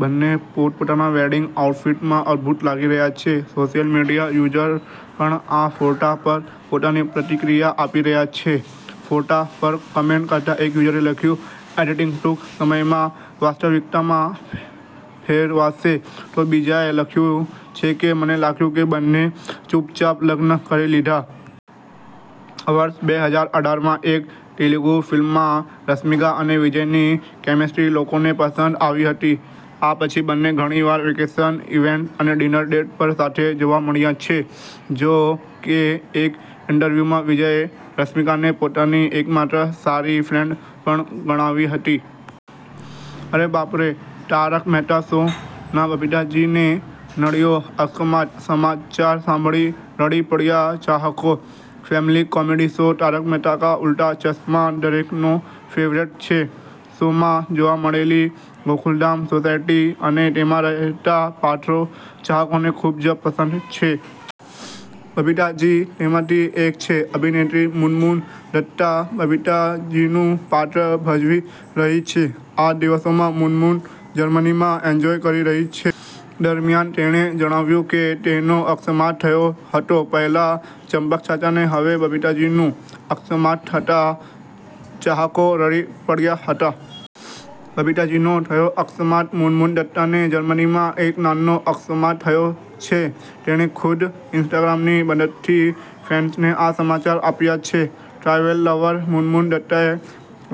બંને પોતપોતાના વેડિંગ આઉટફિટમાં અદભૂત લાગી રહ્યા છે. સોશિયલ મીડિયા યુઝર્સ પણ આ ફોટા પર પોતાની પ્રતિક્રિયા આપી રહ્યા છે. ફોટા પર કોમેન્ટ કરતાં એક યુઝરે લખ્યું, 'એડિટિંગ ટૂંક સમયમાં વાસ્તવિકતામાં ફેરવાશે'. તો બીજાએ લખ્યું છે કે, 'મને લાગ્યું કે બંનેએ ચૂપચાપ લગ્ન કરી લીધા'. વર્ષ બે હજાર અઠાર માં એક તેલુગુ ફિલ્મમાં રશ્મિકા અને વિજયની કેમેસ્ટ્રી લોકોને પસંદ આવી હતી. આ પછી બંને ઘણીવાર વેકેશન, ઈવેન્ટ્સ અને ડિનર ડેટ પર સાથે જોવા મળ્યા છે. જો કે એક ઈન્ટરવ્યુમાં વિજયે રશ્મિકાને પોતાની એકમાત્ર સારી ફ્રેન્ડ પણ ગણાવી હતી. અરે બાપ રે! 'તારક મહેતા' શો ના બબીતાજીને નડ્યો અકસ્માત, સમાચાર સાંભળી રડી પડ્યા ચાહકો. Family comedy show 'Taarak Mehta Ka Ooltah ચશ્મા' દરેકનો ફેવરિટ છે. શોમાં જોવા મળેલી ગોકુલધામ સોસાયટી અને તેમાં રહેતા પાત્રો ચાહકોને ખૂબ જ પસંદ છે. બબીતાજી તેમાંથી એક છે. અભિનેત્રી મુનમુન દત્તા બબીતા જીનું પાત્ર ભજવી રહી છે. આ દિવસોમાં મુનમુન જર્મનીમાં એન્જોય કરી રહી છે. દરમિયાન, તેણે જણાવ્યું કે તેનો અકસ્માત થયો હતો. પહેલા ચંપકચાચા ને હવે બબીતાજીનું અકસ્માત થતા ચાહકો રડી પડ્યા હતા. બબીતાજીનો થયો અકસ્માત: મુનમુન દત્તાને જર્મનીમાં એક નાનો અકસ્માત થયો છે. તેણે ખુદ ઈન્સ્ટાગ્રામની મદદથી ફેન્સને આ સમાચાર આપ્યા છે. ટ્રાવેલ લવર મુનમુન દત્તાએ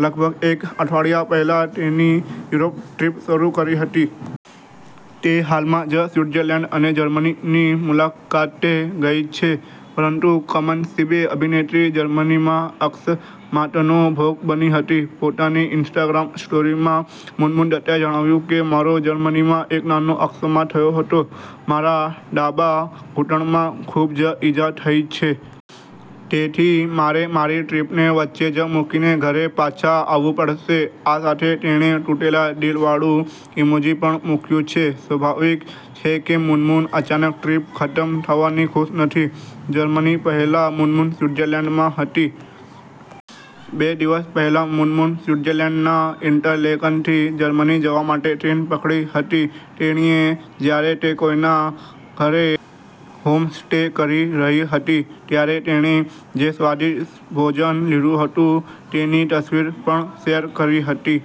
લગભગ એક અઠવાડિયા પહેલા તેની યુરોપ ટ્રીપ શરૂ કરી હતી. તે હાલમાં જ સ્વિટ્ઝર્લેન્ડ અને જર્મનીની મુલાકાતે ગઈ છે. પરંતુ કમનસીબે અભિનેત્રી જર્મનીમાં અકસ્માતનો ભોગ બની હતી. પોતાની ઈન્સ્ટાગ્રામ સ્ટોરીમાં મુનમુન દત્તાએ જણાવ્યું કે, 'મારો જર્મનીમાં એક નાનો અકસ્માત થયો હતો. મારા ડાબા ઘૂંટણમાં ખૂબ જ ઈજા થઇ છે. તેથી મારે મારી ટ્રીપને વચ્ચે જ મુકીને ઘરે પાછા આવવું પડશે. આ સાથે તેણે તૂટેલા દિલ વાળું ઈમોજી પણ મુક્યું છે. સ્વાભાવિક છે કે મુનમુન અચાનક ટ્રીપ ખતમ થવાથી ખુશ નથી. જર્મની પહેલા મુનમુન સ્વિટ્ઝર્લેન્ડમાં હતી. બે દિવસ પહેલા મુનમુન સ્વિટ્ઝર્લેન્ડના ઈન્ટરલેકનથી જર્મની જવા માટે ટ્રેન પકડી હતી. તેણીએ જ્યારે તે કોઈના ઘરે હોમસ્ટે કરી રહી હતી ત્યારે તેણે જે સ્વાદિષ્ટ ભોજન લીધું હતું તેની તસવીર પણ શેર કરી હતી.